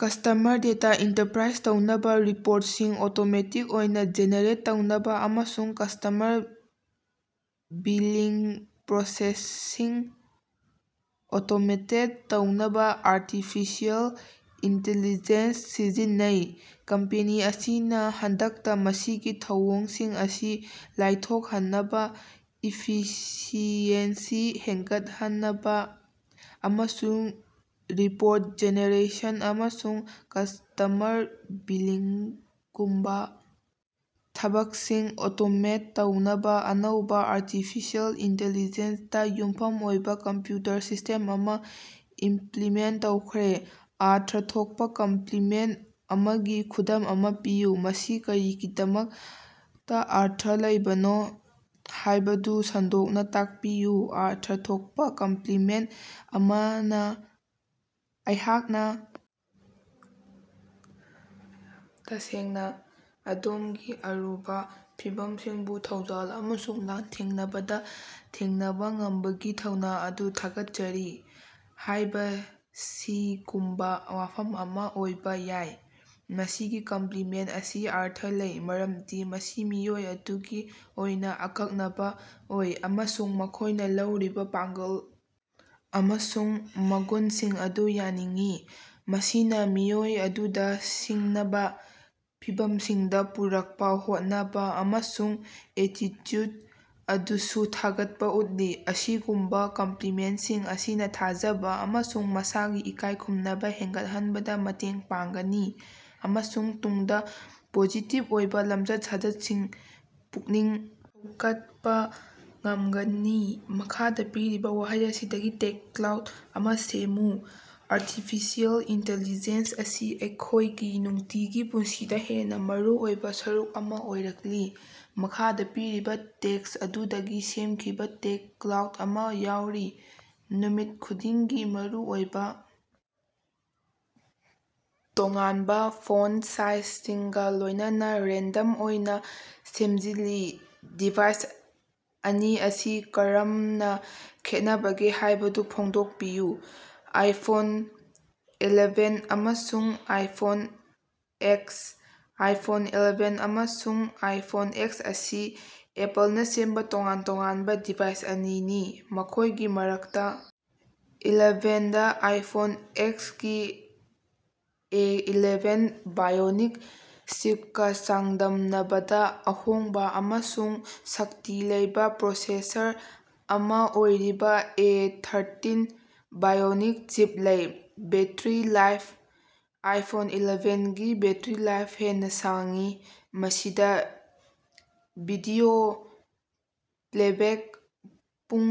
Customer data enterprise ꯇꯧꯅꯕ, ꯔꯤꯄꯣꯔꯠꯁꯤꯡ automatic ꯑꯣꯏꯅ ꯖꯦꯅꯦꯔꯦꯠ ꯇꯧꯅꯕ ꯑꯃꯁꯨꯡ ꯀꯁ꯭ꯇꯃꯔ ꯕꯤꯂꯤꯡ ꯄ꯭ꯔꯣꯁꯦꯁꯁꯤꯡ ꯑꯣꯇꯣꯃꯦꯇꯦꯗ ꯇꯧꯅꯕ ꯑꯥꯔꯇꯤꯐꯤꯁꯤꯑꯦꯜ ꯏꯟꯇꯤꯂꯤꯖꯦꯟꯁ ꯁꯤꯖꯤꯟꯅꯩ꯫ ꯀꯝꯄꯦꯅꯤ ꯑꯁꯤꯅ ꯍꯟꯗꯛꯇ ꯃꯁꯤꯒꯤ ꯊꯧꯑꯣꯡꯁꯤꯡ ꯑꯁꯤ ꯂꯥꯏꯊꯣꯛꯍꯟꯅꯕ, ꯏꯐꯤꯁꯤꯑꯦꯟꯁꯤ ꯍꯦꯟꯒꯠꯍꯟꯅꯕ, ꯑꯃꯁꯨꯡ ꯔꯤꯄꯣꯔꯠ ꯖꯦꯅꯦꯔꯦꯁꯟ ꯑꯃꯁꯨꯡ ꯀꯁꯇꯃꯔ ꯕꯤꯂꯤꯡꯒꯨꯝꯕ ꯊꯕꯛꯁꯤꯡ ꯑꯣꯇꯣꯃꯦꯠ ꯇꯧꯅꯕ ꯑꯅꯧꯕ ꯑꯥꯔꯇꯤꯐꯤꯁꯦꯜ ꯏꯟꯇꯤꯂꯤꯖꯦꯟꯠ ꯗ ꯌꯨꯝꯐꯝ ꯑꯣꯏꯕ ꯀꯝꯄ꯭ꯌꯨꯇꯔ ꯁꯤꯁꯇꯦꯝ ꯑꯃ ꯏꯝꯄ꯭ꯂꯤꯃꯦꯟꯠ ꯇꯧꯈ꯭ꯔꯦ꯫ ꯑꯔꯊ ꯊꯣꯛꯄ ꯀꯝꯄ꯭ꯂꯤꯃꯦꯟꯠ ꯑꯃꯒꯤ ꯈꯨꯗꯝ ꯑꯃ ꯄꯤꯌꯨ꯫ ꯃꯁꯤ ꯀꯔꯤꯒꯤꯗꯃꯛꯇ ꯑꯔꯊ ꯂꯩꯕꯅꯣ ꯍꯥꯏꯕꯗꯨ ꯁꯟꯗꯣꯛꯅ ꯇꯥꯛꯄꯤꯌꯨ꯫ ꯑꯔꯊ ꯊꯣꯛꯄ ꯀꯝꯄ꯭ꯂꯤꯃꯦꯟꯠ ꯑꯃꯅ "ꯑꯩꯍꯥꯛꯅ ꯇꯁꯦꯡꯅ ꯑꯗꯣꯝꯒꯤ ꯑꯔꯨꯕ ꯐꯤꯚꯝꯁꯤꯡꯕꯨ ꯊꯧꯖꯥꯜ ꯑꯃꯁꯨꯡ ꯂꯥꯟꯊꯦꯡꯅꯕꯗ ꯊꯦꯡꯅꯕ ꯉꯝꯕꯒꯤ ꯊꯧꯅꯥ ꯑꯗꯨ ꯊꯥꯒꯠꯆꯔꯤ" ꯍꯥꯏꯕꯁꯤꯒꯨꯝꯕ ꯋꯥꯐꯝ ꯑꯃ ꯑꯣꯏꯕ ꯌꯥꯏ꯫ ꯃꯁꯤꯒꯤ ꯀꯝꯄ꯭ꯂꯤꯃꯦꯟꯠ ꯑꯁꯤ ꯑꯔꯊ ꯂꯩ ꯃꯔꯝꯗꯤ ꯃꯁꯤ ꯃꯤꯑꯣꯏ ꯑꯗꯨꯒꯤ ꯑꯣꯏꯅ ꯑꯀꯛꯅꯕ ꯑꯣꯏ ꯑꯃꯁꯨꯡ ꯃꯈꯣꯏꯅ ꯂꯧꯔꯤꯕ ꯄꯥꯡꯒꯜ ꯑꯃꯁꯨꯡ ꯃꯒꯨꯟꯁꯤꯡ ꯑꯗꯨ ꯌꯥꯅꯤꯡꯏ꯫ ꯃꯁꯤꯅ ꯃꯤꯑꯣꯏ ꯑꯗꯨꯗ ꯁꯤꯡꯅꯕ ꯐꯤꯚꯝꯁꯤꯡꯗ ꯄꯨꯔꯛꯄ ꯍꯣꯠꯅꯕ ꯑꯃꯁꯨꯡ ꯑꯦꯇꯤꯆꯨꯗ ꯑꯗꯨꯁꯨ ꯊꯥꯒꯠꯄ ꯎꯠꯂꯤ꯫ ꯑꯁꯤꯒꯨꯝꯕ ꯀꯝꯄ꯭ꯂꯤꯃꯦꯟꯠꯁꯤꯡ ꯑꯁꯤꯅ ꯊꯥꯖꯕ ꯑꯃꯁꯨꯡ ꯃꯁꯥꯒꯤ ꯏꯀꯥꯏ ꯈꯨꯝꯅꯕ ꯍꯦꯟꯒꯠꯍꯟꯕꯗ ꯃꯇꯦꯡ ꯄꯥꯡꯒꯅꯤ ꯑꯃꯁꯨꯡ ꯇꯨꯡꯗ ꯄꯣꯖꯤꯇꯤꯕ ꯑꯣꯏꯕ ꯂꯝꯆꯠ-ꯁꯥꯖꯠꯁꯤꯡ ꯄꯨꯛꯅꯤꯡ ꯒꯠꯄ ꯉꯝꯒꯅꯤ꯫ ꯃꯈꯥꯗ ꯄꯤꯔꯤꯕ ꯋꯥꯍꯩ ꯑꯁꯤꯗꯒꯤ ꯇꯦꯒ ꯀ꯭ꯂꯥꯎꯗ ꯑꯃ ꯁꯦꯝꯃꯨ꯫ ꯑꯥꯔꯇꯤꯐꯤꯁꯤꯑꯦꯜ ꯏꯟꯇꯦꯂꯤꯖꯦꯟꯁ ꯑꯁꯤ ꯑꯩꯈꯣꯏꯒꯤ ꯅꯨꯡꯇꯤꯒꯤ ꯄꯨꯟꯁꯤꯗ ꯍꯦꯟꯅ ꯃꯔꯨꯑꯣꯏꯕ ꯁꯔꯨꯛ ꯑꯃ ꯑꯣꯏꯔꯛꯂꯤ꯫ ꯃꯈꯥꯗ ꯄꯤꯔꯤꯕ ꯇꯦꯛꯁ ꯑꯗꯨꯗꯒꯤ ꯁꯦꯝꯈꯤꯕ ꯇꯦꯒ ꯀ꯭ꯂꯥꯎꯗ ꯑꯃ ꯌꯥꯎꯔꯤ: ꯅꯨꯃꯤꯠ ꯈꯨꯗꯤꯡꯒꯤ ꯃꯔꯨꯑꯣꯏꯕ ꯇꯣꯉꯥꯟꯕ ꯐꯣꯟꯠ ꯁꯥꯏꯖꯁꯤꯡꯒ ꯂꯣꯏꯅꯅ ꯔꯦꯟꯗꯝ ꯑꯣꯏꯅ ꯁꯦꯝꯖꯤꯜꯂꯤ꯫ ꯗꯤꯚꯥꯏꯁ ꯑꯅꯤ ꯑꯁꯤ ꯀꯔꯝꯅ ꯈꯦꯠꯅꯕꯒꯦ ꯍꯥꯏꯕꯗꯨ ꯐꯣꯡꯗꯣꯛꯄꯤꯌꯨ꯫ ꯑꯥꯏꯐꯣꯟ ꯑꯦꯂꯦꯚꯦꯟ ꯑꯃꯁꯨꯡ ꯑꯥꯏꯐꯣꯟ ꯑꯦꯛꯁ ꯑꯥꯏꯐꯣꯟ ꯑꯦꯂꯦꯚꯦꯟ ꯑꯃꯁꯨꯡ ꯑꯥꯏꯐꯣꯟ ꯑꯦꯛꯁ ꯑꯁꯤ ꯑꯦꯄꯜꯅ ꯁꯦꯝꯕ ꯇꯣꯉꯥꯟ ꯇꯣꯉꯥꯟꯕ ꯗꯤꯚꯥꯏꯁ ꯑꯅꯤꯅꯤ, ꯃꯈꯣꯏꯒꯤ ꯃꯔꯛꯇ ꯑꯦꯂꯦꯚꯦꯟꯗ ꯑꯥꯏꯐꯣꯟ ꯑꯦꯛꯁꯀꯤ ꯑꯦ ꯑꯦꯂꯦꯚꯦꯟ ꯕꯥꯏꯑꯣꯅꯤꯛ ꯆꯤꯞꯀ ꯆꯥꯡꯗꯝꯅꯕꯗ ꯑꯍꯣꯡꯕ ꯑꯃꯁꯨꯡ ꯁꯛꯇꯤ ꯂꯩꯕ ꯄ꯭ꯔꯣꯁꯦꯁꯔ ꯑꯃ ꯑꯣꯏꯔꯤꯕ ꯑꯦ ꯊꯔꯇꯤꯟ ꯕꯥꯏꯑꯣꯅꯤꯛ ꯆꯤꯞ ꯂꯩ꯫ ꯕꯦꯠꯇꯔꯤ ꯂꯥꯏꯐ: ꯑꯥꯏꯐꯣꯟ ꯑꯦꯂꯦꯚꯦꯟꯒꯤ ꯕꯦꯠꯇꯔꯤ ꯂꯥꯏꯐ ꯍꯦꯟꯅ ꯁꯥꯡꯏ, ꯃꯁꯤꯗ ꯚꯤꯗꯤꯑꯣ ꯄ꯭ꯂꯦꯕꯦꯛ ꯄꯨꯡ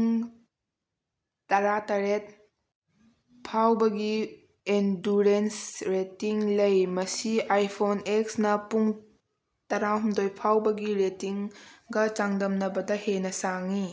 ꯇꯔꯥꯇꯔꯦꯠ ꯐꯥꯎꯕꯒꯤ ꯑꯦꯟꯗꯨꯔꯦꯟꯁ ꯔꯦꯇꯤꯡ ꯂꯩ, ꯃꯁꯤ ꯑꯥꯏꯐꯣꯟ ꯑꯦꯛꯁꯅ ꯄꯨꯡ ꯇꯔꯥꯍꯨꯝꯗꯣꯏ ꯐꯥꯎꯕꯒꯤ ꯔꯦꯇꯤꯡꯒ ꯆꯥꯡꯗꯝꯅꯕꯗ ꯍꯦꯟꯅ ꯁꯥꯡꯏ꯫